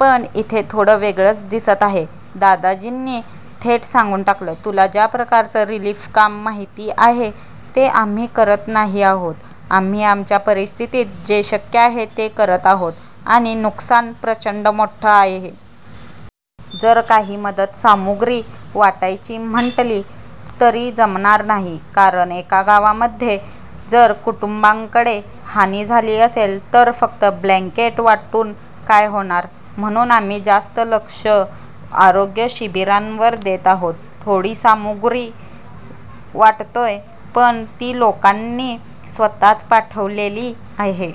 पण इथे थोडं वेगळंच दिसत आहे. दादाजींनी थेट सांगून टाकलं- 'तुला ज्या प्रकारचं रिलिफ काम माहिती आहे, ते आम्ही करत नाही आहोत. आम्ही आमच्या परिस्थितीत जे शक्य आहे, ते करत आहोत. आणि नुकसान प्रचंड मोठं आहे. जर काही मदत सामुग्री वाटायची म्हंटली तरी जमणार नाही. कारण एका गावामध्ये जर कुटुंबांकडे हानी झाली असेल तर फक्त ब्लँकेट वाटून काय होणार? म्हणून आम्ही जास्त लक्ष आरोग्य शिबिरांवर देत आहोत. थोडी सामुग्री वाटतोय, पण ती लोकांनी स्वत:च पाठवलेली आहे.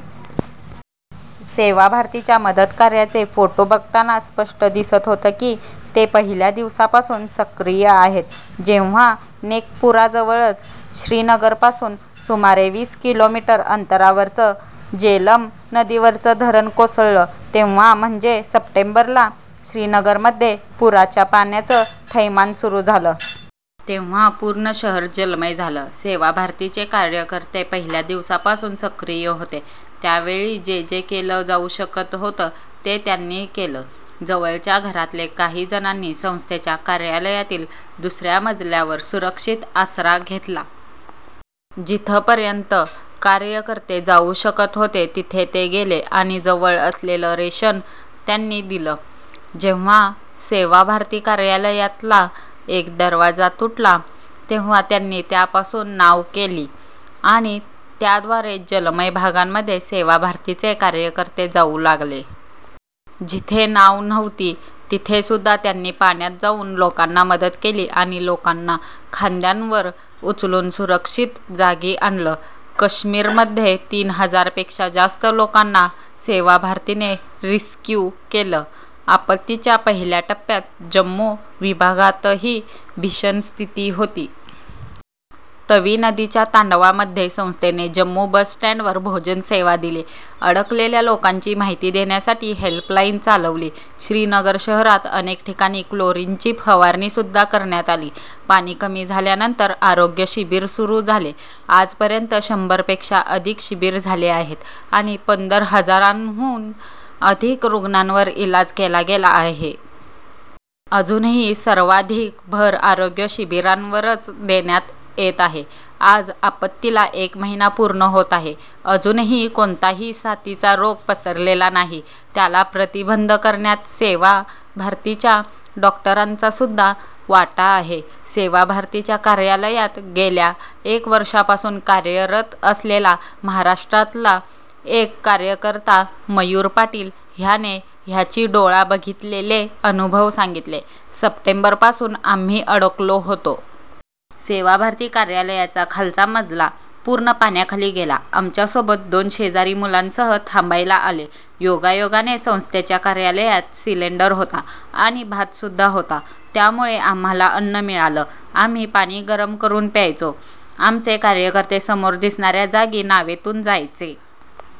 'सेवा भारतीच्या मदतकार्याचे फोटो बघताना स्पष्ट दिसत होतं की, ते पहिल्या दिवसापासून सक्रिय आहेत. जेव्हा नैकपूराजवळचं- श्रीनगरपासून सुमारे वीस किलोमीटर अंतरावरचं जेलम नदीवरचं धरण कोसळलं तेव्हा म्हणजे सप्टेंबरला श्रीनगरमध्ये पुराच्या पाण्याचं थैमान सुरू झालं. तेव्हा पूर्ण शहर जलमय झालं. सेवा भारतीचे कार्यकर्ते पहिल्या दिवसापासून सक्रिय होते. त्या वेळी जे जे केलं जाऊ शकत होतं ते त्यांनी केलं. जवळच्या घरातले काही जणांनी संस्थेच्या कार्यालयातील दुस-या मजल्यावर सुरक्षित आसरा घेतला. जिथपर्यंत कार्यकर्ते जाऊ शकत होते, तिथे ते गेले आणि जवळ असलेलं रेशन त्यांनी दिलं. जेव्हा सेवा भारती कार्यालयातला एक दरवाजा तुटला, तेव्हा त्यांनी त्यापासून नाव केली आणि त्याद्वारे जलमय भागांमध्ये सेवा भारतीचे कार्यकर्ते जाऊ लागले. जिथे नाव नव्हती, तिथेसुद्धा त्यांनी पाण्यात जाऊन लोकांना मदत केली आणि लोकांना खांद्यांवर उचलून सुरक्षित जागी आणलं. कश्मीरमध्ये तीन हजारपेक्षा जास्त लोकांना सेवा भारतीने रिस्क्यू केलं. आपत्तीच्या पहिल्या टप्प्यात जम्मू विभागातही भीषण स्थिती होती. तवी नदीच्या तांडवामध्ये संस्थेने जम्मू बस स्टँडवर भोजन सेवा दिली. अडकलेल्या लोकांची माहिती देण्यासाठी हेल्पलाईन चालवली. श्रीनगर शहरात अनेक ठिकाणी क्लोरिनची फवारणीसुद्धा करण्यात आली. पाणी कमी झाल्यानंतर आरोग्य शिबिर सुरू झाले. आजपर्यंत शंभरपेक्षा अधिक शिबिर झाले आहेत आणि पंधरा हजारांहून अधिक रुग्णांवर इलाज केला गेला आहे. अजूनही सर्वाधिक भर आरोग्य शिबिरांवरच देण्यात येत आहे. आज आपत्तीला एक महिना पूर्ण होत आहे. अजूनही कोणताही साथीचा रोग पसरलेला नाही. त्याला प्रतिबंध करण्यात सेवा भारतीच्या डॉक्टरांचासुद्धा वाटा आहे. सेवा भारतीच्या कार्यालयात गेल्या एक वर्षापासून कार्यरत असलेला महाराष्ट्रातला एक कार्यकर्ता- मयूर पाटील ह्याने ह्याची डोळा बघितलेले अनुभव सांगितले- " सप्टेंबरपासून आम्ही अडकलो होतो. सेवा भारती कार्यालयाचा खालचा मजला पूर्ण पाण्याखाली गेला. आमच्यासोबत दोन शेजारी मुलांसह थांबायला आले. योगायोगाने संस्थेच्या कार्यालयात सिलेंडर होता आणि भातसुद्धा होता. त्यामुळे आम्हाला अन्न मिळालं. आम्ही पाणी गरम करून प्यायचो. आमचे कार्यकर्ते समोर दिसणा-या जागी नावेतून जायचे.